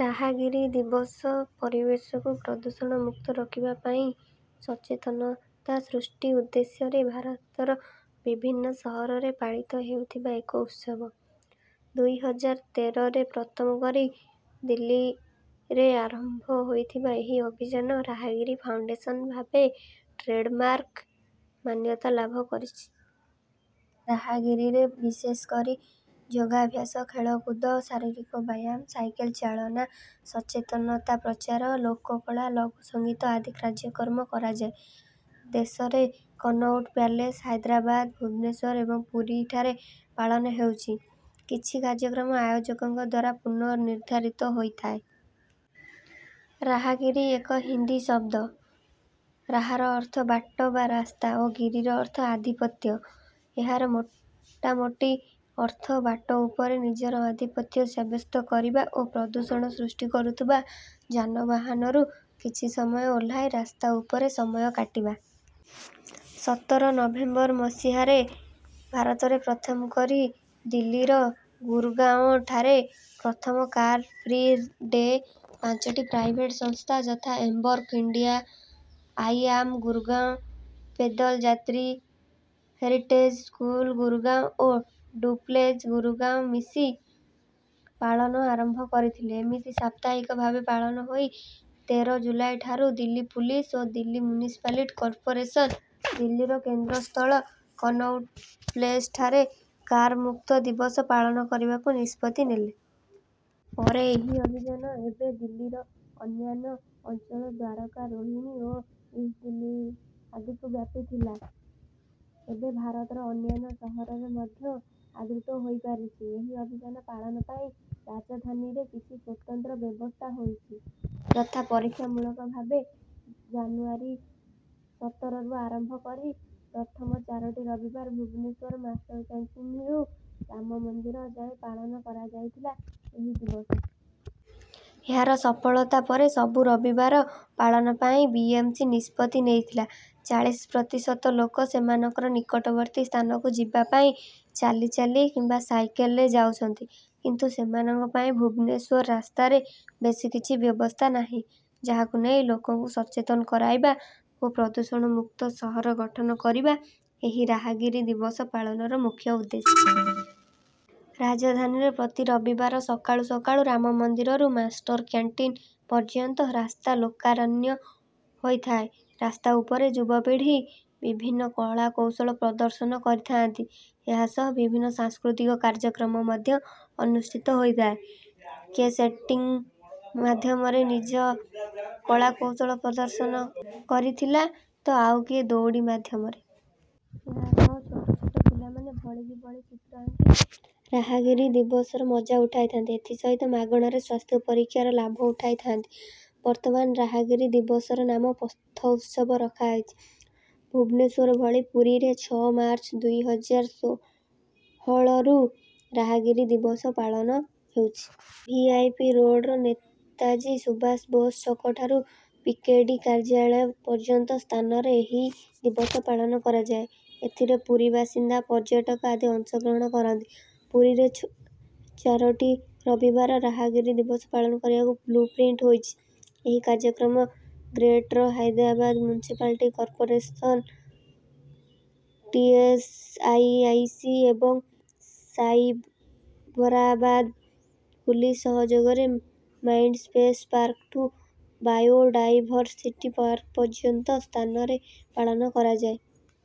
ରାହାଗିରି ଦିବସ ପରିବେଶକୁ ପ୍ରଦୂଷଣମୁକ୍ତ ରଖିବା ପାଇଁ ସଚେତନତା ସୃଷ୍ଟି ଉଦ୍ଦେଶ୍ୟରେ ଭାରତର ବିଭିନ୍ନ ସହରରେ ପାଳିତ ହେଉଥିବା ଏକ ଉତ୍ସବ। ଦୁଇ ହଜାର ତେରରେ ପ୍ରଥମ କରି ଦିଲ୍ଲୀରେ ଆରମ୍ଭ ହୋଇଥିବା ଏହି ଅଭିଯାନ ରାହାଗିରି ଫାଉଣ୍ଡେସନ ଭାବେ ଟ୍ରେଡ଼ମାର୍କ ମାନ୍ୟତା ଲାଭ କରିଛି। ରାହାଗିରିରେ ବିଶେଷ କରି ଯୋଗାଭ୍ୟାସ, ଖେଳକୁଦ, ଶାରୀରିକ ବ୍ୟାୟାମ, ସାଇକେଲ ଚାଳନା, ସଚେତନତା ପ୍ରଚାର, ଲୋକକଳା, ଲଘୁ ସଙ୍ଗୀତ ଆଦି କାର୍ଯ୍ୟକ୍ରମ କରାଯାଏ। ଦେଶରେ କନଉଟ ପ୍ୟାଲେସ୍, ହାଇଦ୍ରାବାଦ, ଭୁବନେଶ୍ୱର ଏବଂ ପୁରୀଠାରେ ପାଳନ ହେଉଛି। କିଛି କାର୍ଯ୍ୟକ୍ରମ ଆୟୋଜକଙ୍କ ଦ୍ୱାରା ପୂର୍ବ ନିର୍ଦ୍ଧାରିତ ହୋଇଥାଏ। ରାହା-ଗିରି ଏକ ହିନ୍ଦୀ ଶବ୍ଦ; ରାହାର ଅର୍ଥ ବାଟ ବା ରାସ୍ତା ଓ ଗିରିର ଅର୍ଥ ଆଧିପତ୍ୟ। ଏହାର ମୋଟାମୋଟି ଅର୍ଥ ବାଟ ଉପରେ ନିଜର ଆଧିପତ୍ୟ ସାବ୍ୟସ୍ତ କରିବା ଓ ପ୍ରଦୂଷଣ ସୃଷ୍ଟି କରୁଥିବା ଯାନବାହନରୁ କିଛି ସମୟ ଓହ୍ଲାଇ ରାସ୍ତା ଉପରେ ସମୟ କାଟିବା। ସତର ନଭେମ୍ବର ମସିହାରେ ଭାରତରେ ପ୍ରଥମ କରି ଦିଲ୍ଲୀର ଗୁରଗାଁଓଠାରେ ପ୍ରଥମ କାର-ଫ୍ରି ଡେ ପାଞ୍ଚଟି ପ୍ରାଇଭେଟ୍ ସଂସ୍ଥା, ଯଥା: Embark India, I am Gurgaon, pedal Yatri, heritage school Gurgaon ଓ ଡୁପ୍ଲେଜ ଗୁରଗାଁଓ ମିଶି ପାଳନ ଆରମ୍ଭ କରିଥିଲେ। ଏମିତି ସାପ୍ତାହିକ ଭାବେ ପାଳନ ହୋଇ ତେର ଜୁଲାଇଠାରୁ ଦିଲ୍ଲୀ ପୁଲିସ ଓ ଦିଲ୍ଲୀ ମ୍ୟୁନିସିପାଲ କର୍ପୋରେସନ ଦିଲ୍ଲୀର କେନ୍ଦ୍ରସ୍ଥଳ କନଉଟ ପ୍ଲେସଠାରେ କାରମୁକ୍ତ ଦିବସ ପାଳନ କରିବାକୁ ନିଷ୍ପତ୍ତି ନେଲେ। ପରେ ଏହି ଅଭିଯାନ ଏବେ ଦିଲ୍ଲୀର ଅନ୍ୟାନ୍ୟ ଅଞ୍ଚଳ ଦ୍ୱାରକା, ରୋହିଣୀ ଓ ଇଷ୍ଟ ଦିଲ୍ଲୀ ଆଦିକୁ ବ୍ୟାପିଥିଲା। ଏବେ ଭାରତର ଅନ୍ୟାନ୍ୟ ସହରରେ ମଧ୍ୟ ଆଦୃତ ହୋଇପାରିଛି। ଏହି ଅଭିଯାନ ପାଳନ ପାଇଁ ରାଜଧାନୀରେ କିଛି ସ୍ୱତନ୍ତ୍ର ବ୍ୟବସ୍ଥା ହୋଇଛି; ଯଥା: ପରୀକ୍ଷାମୂଳକ ଭାବେ ଜାନୁଆରୀ ସତରରୁ ଆରମ୍ଭ କରି ପ୍ରଥମ ଚାରୋଟି ରବିବାର ଭୁବନେଶ୍ୱର ମାଷ୍ଟରକ୍ୟାଣ୍ଟିନରୁ ରାମ ମନ୍ଦିର ଯାଏଁ ପାଳନ କରାଯାଇଥିଲା ଏହି ଦିବସ। ଏହାର ସଫଳତା ପରେ ସବୁ ରବିବାର ପାଳନ ପାଇଁ ବିଏମସି ନିଷ୍ପତ୍ତି ନେଇଥିଲା। ଚାଳିଶି ପ୍ରତିଶତ ଲୋକ ସେମାନଙ୍କର ନିକଟବର୍ତ୍ତୀ ସ୍ଥାନକୁ ଯିବା ପାଇଁ ଚାଲିଚାଲି କିମ୍ବା ସାଇକେଲରେ ଯାଉଛନ୍ତି। କିନ୍ତୁ ସେମାନଙ୍କ ପାଇଁ ଭୁବନେଶ୍ୱର ରାସ୍ତାରେ ବେଶୀ କିଛି ବ୍ୟବସ୍ଥା ନାହିଁ। ଯାହାକୁ ନେଇ ଲୋକଙ୍କୁ ସଚେତନ କରାଇବା ଓ ପ୍ରଦୂଷଣମୁକ୍ତ ସହର ଗଠନ କରିବା ଏହି ରାହାଗିରି ଦିବସ ପାଳନର ମୁଖ୍ୟ ଉଦ୍ଦେଶ୍ୟ। ରାଜଧାନୀରେ ପ୍ରତି ରବିବାର ସକାଳୁ ସକାଳୁ ରାମମନ୍ଦିରରୁ ମାଷ୍ଟରକ୍ୟାଣ୍ଟିନ ପର୍ଯ୍ୟନ୍ତ ରାସ୍ତା ଲୋକାରଣ୍ୟ ହୋଇଥାଏ। ରାସ୍ତା ଉପରେ ଯୁବପିଢ଼ି ବିଭିନ୍ନ କଳାକୌଶଳ ପ୍ରଦର୍ଶନ କରିଥାନ୍ତି। ଏହାସହ ବିଭିନ୍ନ ସାଂସ୍କୃତିକ କାର୍ଯ୍ୟକ୍ରମ ମଧ୍ୟ ଅନୁଷ୍ଠିତ ହୋଇଥାଏ। କିଏ ସ୍କେଟିଂ ମାଧ୍ୟମରେ ନିଜ କଳାକୌଶଳ ପ୍ରଦର୍ଶନ କରିଥିଲା ତ ଆଉ କିଏ ଦଉଡ଼ି ମାଧ୍ୟମରେ। ଏହାସହ ଛୋଟ ଛୋଟ ପିଲାମାନେ ଭଳିକି ଭଳି ଚିତ୍ର ଆଙ୍କି ରାହାଗିରି ଦିବସର ମଜା ଉଠାଇଥାନ୍ତି। ଏଥି ସହିତ ମାଗଣାରେ ସ୍ୱାସ୍ଥ୍ୟ ପରୀକ୍ଷାର ଲାଭ ଉଠାଇଥାନ୍ତି। ବର୍ତ୍ତମାନ ରାହାଗିରି ଦିବସର ନାମ 'ପଥ ଉତ୍ସବ' ରଖାଯାଇଛି। ଭୁବନେଶ୍ୱର ଭଳି ପୁରୀରେ ଛଅ ମାର୍ଚ୍ଚ ଦୁଇ ହଜାର ଷୋହଳରୁ ରାହାଗିରି ଦିବସ ପାଳନ ହେଉଛି। ଭିଆଇପି ରୋଡ଼ର ନେତାଜୀ ସୁବାଷ ବୋଷ ଛକଠାରୁ ପିକେଡିଏ କାର୍ଯ୍ୟାଳୟ ପର୍ଯ୍ୟନ୍ତ ସ୍ଥାନରେ ଏହି ଦିବସ ପାଳନ କରାଯାଏ। ଏଥିରେ ପୁରୀ ବାସିନ୍ଦା, ପର୍ଯ୍ୟଟକ ଆଦି ଅଂଶଗ୍ରହଣ କରନ୍ତି। ପୁରୀରେ ଚାରୋଟି ରବିବାର ରାହାଗିରି ଦିବସ ପାଳନ କରିବାକୁ ବ୍ଲୁପ୍ରିଣ୍ଟ ହୋଇଛି। ଏହି କାର୍ଯ୍ୟକ୍ରମ greater Hyderabad municipal corporation, TSIIC ଏବଂ ସାଇବରାବାଦ ପୁଲିସ ସହଯୋଗରେ ମାଇଣ୍ଡସ୍ପେଶ ପାର୍କଠୁ ବାୟୋଡାଇଭରସିଟି ପାର୍କ ପର୍ଯ୍ୟନ୍ତ ସ୍ଥାନରେ ପାଳନ କରାଯାଏ।